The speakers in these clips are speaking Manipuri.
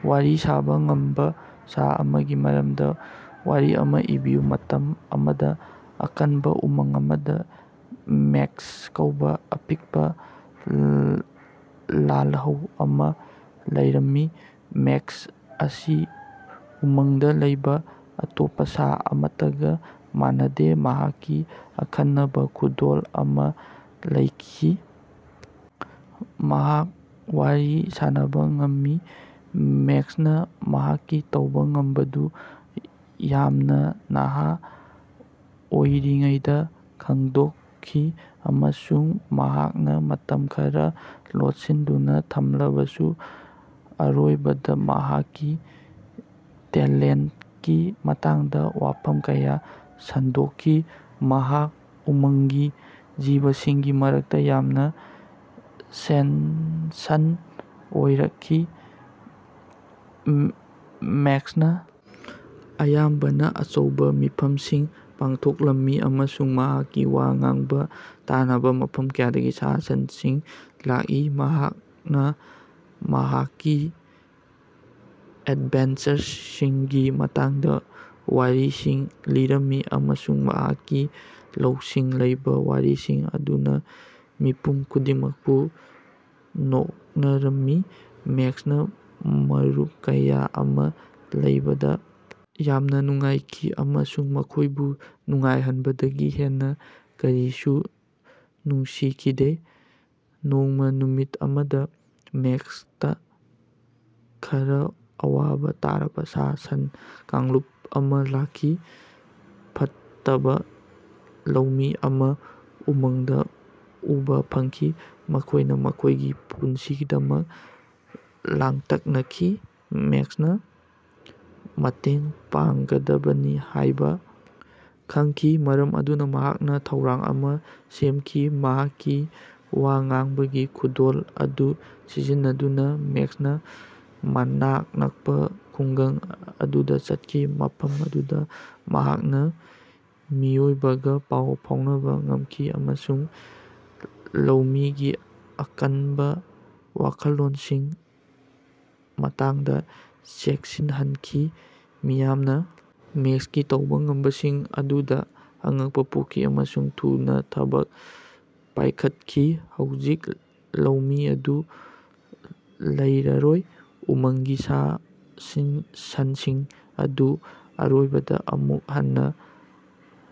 ꯋꯥꯔꯤ ꯁꯥꯕ ꯉꯝꯕ ꯁꯥ ꯑꯃꯒꯤ ꯃꯔꯝꯗ ꯋꯥꯔꯤ ꯑꯃ ꯏꯕꯤꯌꯨ꯫ ꯃꯇꯝ ꯑꯃꯗ, ꯑꯀꯟꯕ ꯎꯃꯪ ꯑꯃꯗ, ꯃꯦꯛꯁ ꯀꯧꯕ ꯑꯄꯤꯛꯄ ꯂꯥꯜꯍꯧ ꯑꯃ ꯂꯩꯔꯝꯃꯤ꯫ ꯃꯦꯛꯁ ꯑꯁꯤ ꯎꯃꯪꯗ ꯂꯩꯕ ꯑꯇꯣꯞꯄ ꯁꯥ ꯑꯃꯠꯇꯒ ꯃꯥꯟꯅꯗꯦ꯫ ꯃꯍꯥꯛꯀꯤ ꯑꯈꯟꯅꯕ ꯈꯨꯗꯣꯜ ꯑꯃ ꯂꯩꯈꯤ꯫ ꯃꯍꯥꯛ ꯋꯥꯔꯤ ꯁꯥꯟꯅꯕ ꯉꯝꯃꯤ꯫ ꯃꯦꯛꯁꯅ ꯃꯍꯥꯛꯀꯤ ꯇꯧꯕ ꯉꯝꯕꯗꯨ ꯌꯥꯝꯅ ꯅꯍꯥ ꯑꯣꯏꯔꯤꯉꯩꯗ ꯈꯪꯗꯣꯛꯈꯤ ꯑꯃꯁꯨꯡ ꯃꯍꯥꯛꯅ ꯃꯇꯝ ꯈꯔ ꯂꯣꯠꯁꯤꯟꯗꯨꯅ ꯊꯝꯂꯕꯁꯨ ꯑꯔꯣꯏꯕꯗ ꯃꯍꯥꯛꯀꯤ ꯇꯦꯂꯦꯟꯇꯀꯤ ꯃꯇꯥꯡꯗ ꯋꯥꯐꯝ ꯀꯌꯥ ꯁꯟꯗꯣꯛꯈꯤ꯫ ꯃꯍꯥꯛ ꯎꯃꯪꯒꯤ ꯖꯤꯕꯁꯤꯡꯒꯤ ꯃꯔꯛꯇ ꯌꯥꯝꯅ ꯁꯦꯟꯁꯟ ꯑꯣꯏꯔꯛꯈꯤ꯫ ꯃꯦꯛꯁꯅ ꯑꯌꯥꯝꯕꯅ ꯑꯆꯧꯕ ꯃꯤꯐꯝꯁꯤꯡ ꯄꯥꯡꯊꯣꯛꯂꯝꯃꯤ ꯑꯃꯁꯨꯡ ꯃꯍꯥꯛꯀꯤ ꯋꯥ ꯉꯥꯡꯕ ꯇꯥꯅꯕ ꯃꯐꯝ ꯀꯌꯥꯗꯒꯤ ꯁꯥ-ꯁꯟꯁꯤꯡ ꯂꯥꯛꯏ꯫ ꯃꯍꯥꯛꯅ ꯃꯍꯥꯛꯀꯤ ꯑꯦꯗꯚꯦꯟꯆꯔꯁꯤꯡꯒꯤ ꯃꯇꯥꯡꯗ ꯋꯥꯔꯤꯁꯤꯡ ꯂꯤꯔꯝꯃꯤ ꯑꯃꯁꯨꯡ ꯃꯍꯥꯛꯀꯤ ꯂꯧꯁꯤꯡ ꯂꯩꯕ ꯋꯥꯔꯤꯁꯤꯡ ꯑꯗꯨꯅ ꯃꯤꯄꯨꯝ ꯈꯨꯗꯤꯡꯃꯛꯄꯨ ꯅꯣꯛꯅꯔꯝꯃꯤ꯫ ꯃꯦꯛꯁꯅ ꯃꯔꯨꯞ ꯀꯌꯥ ꯑꯃ ꯂꯩꯕꯗ ꯌꯥꯝꯅ ꯅꯨꯡꯉꯥꯏꯈꯤ ꯑꯃꯁꯨꯡ ꯃꯈꯣꯏꯕꯨ ꯅꯨꯡꯉꯥꯏꯍꯟꯕꯗꯒꯤ ꯍꯦꯟꯅ ꯀꯔꯤꯁꯨ ꯅꯨꯡꯁꯤꯈꯤꯗꯦ꯫ ꯅꯣꯡꯃ ꯅꯨꯃꯤꯠ ꯑꯃꯗ ꯃꯦꯛꯁꯇ ꯈꯔ ꯑꯋꯥꯕ ꯇꯥꯔꯕ ꯁꯥ-ꯁꯟ ꯀꯥꯡꯂꯨꯞ ꯑꯃ ꯂꯥꯛꯈꯤ꯫ ꯐꯠꯇꯕ ꯂꯧꯃꯤ ꯑꯃ ꯎꯃꯪꯗ ꯎꯕ ꯐꯪꯈꯤ꯫ ꯃꯈꯣꯏꯅ ꯃꯈꯣꯏꯒꯤ ꯄꯨꯟꯁꯤꯒꯤꯗꯃꯛ ꯂꯥꯡꯇꯛꯅꯈꯤ꯫ ꯃꯦꯛꯁꯅ ꯃꯇꯦꯡ ꯄꯥꯡꯒꯗꯕꯅꯤ ꯍꯥꯏꯕ ꯈꯪꯈꯤ꯫ ꯃꯔꯝ ꯑꯗꯨꯅ ꯃꯍꯥꯛꯅ ꯊꯧꯔꯥꯡ ꯑꯃ ꯁꯦꯝꯈꯤ꯫ ꯃꯍꯥꯛꯀꯤ ꯋꯥ ꯉꯥꯡꯕꯒꯤ ꯈꯨꯗꯣꯜ ꯑꯗꯨ ꯁꯤꯖꯤꯟꯅꯗꯨꯅ ꯃꯦꯛꯁꯅ ꯃꯅꯥꯛ ꯅꯛꯄ ꯈꯨꯡꯒꯪ ꯑꯗꯨꯗ ꯆꯠꯈꯤ꯫ ꯃꯐꯝ ꯑꯗꯨꯗ ꯃꯍꯥꯛꯅ ꯃꯤꯑꯣꯏꯕꯒ ꯄꯥꯎ ꯐꯥꯎꯅꯕ ꯉꯝꯈꯤ ꯑꯃꯁꯨꯡ ꯂꯧꯃꯤꯒꯤ ꯑꯀꯟꯕ ꯋꯥꯈꯜꯂꯣꯟꯁꯤꯡꯒꯤ ꯃꯇꯥꯡꯗ ꯆꯦꯛꯁꯤꯟꯍꯟꯈꯤ꯫ ꯃꯤꯌꯥꯝꯅ ꯃꯦꯛꯁꯀꯤ ꯇꯧꯕ ꯉꯝꯕꯁꯤꯡ ꯑꯗꯨꯗ ꯑꯉꯛꯄ ꯄꯣꯛꯈꯤ ꯑꯃꯁꯨꯡ ꯊꯨꯅ ꯊꯕꯛ ꯄꯥꯏꯈꯠꯈꯤ꯫ ꯍꯧꯖꯤꯛ ꯂꯧꯃꯤ ꯑꯗꯨ ꯂꯩꯔꯔꯣꯏ, ꯎꯃꯪꯒꯤ ꯁꯥ-ꯁꯟꯁꯤꯡ ꯑꯗꯨ ꯑꯔꯣꯏꯕꯗ ꯑꯃꯨꯛ ꯍꯟꯅ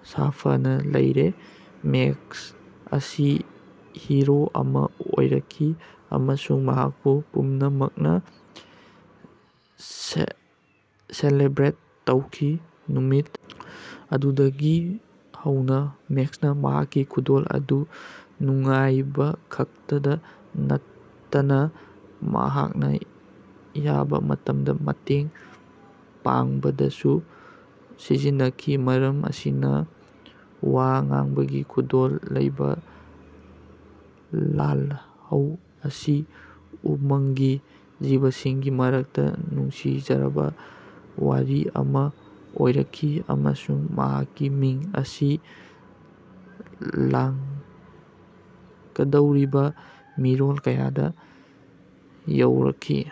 ꯁꯥꯐꯅ ꯂꯩꯔꯦ꯫ ꯃꯦꯛꯁ ꯑꯁꯤ ꯍꯤꯔꯣ ꯑꯃ ꯑꯣꯏꯔꯛꯈꯤ ꯑꯃꯁꯨꯡ ꯃꯍꯥꯛꯄꯨ ꯄꯨꯝꯅꯃꯛꯅ ꯁꯦꯂꯦꯕ꯭ꯔꯦꯠ ꯇꯧꯈꯤ꯫ ꯅꯨꯃꯤꯠ ꯑꯗꯨꯗꯒꯤ ꯍꯧꯅ ꯃꯦꯛꯁꯅ ꯃꯍꯥꯛꯀꯤ ꯈꯨꯗꯣꯜ ꯑꯗꯨ ꯅꯨꯡꯉꯥꯏꯕꯈꯛꯇꯗ ꯅꯠꯇꯅ ꯃꯍꯥꯛꯅ ꯌꯥꯕ ꯃꯇꯝꯗ ꯃꯇꯦꯡ ꯄꯥꯡꯕꯗꯁꯨ ꯁꯤꯖꯤꯟꯅꯈꯤ꯫ ꯃꯔꯝ ꯑꯁꯤꯅ, ꯋꯥ ꯉꯥꯡꯕꯒꯤ ꯈꯨꯗꯣꯜ ꯂꯩꯕ ꯂꯥꯜꯍꯧ ꯑꯁꯤ ꯎꯃꯪꯒꯤ ꯖꯤꯕꯁꯤꯡꯒꯤ ꯃꯔꯛꯇ ꯅꯨꯡꯁꯤꯖꯔꯕ ꯋꯥꯔꯤ ꯑꯃ ꯑꯣꯏꯔꯛꯈꯤ ꯑꯃꯁꯨꯡ ꯃꯍꯥꯛꯀꯤ ꯃꯤꯡ ꯑꯁꯤ ꯂꯥꯛꯀꯗꯧꯔꯤꯕ ꯃꯤꯔꯣꯜ ꯀꯌꯥꯗ ꯌꯧꯔꯛꯈꯤ꯫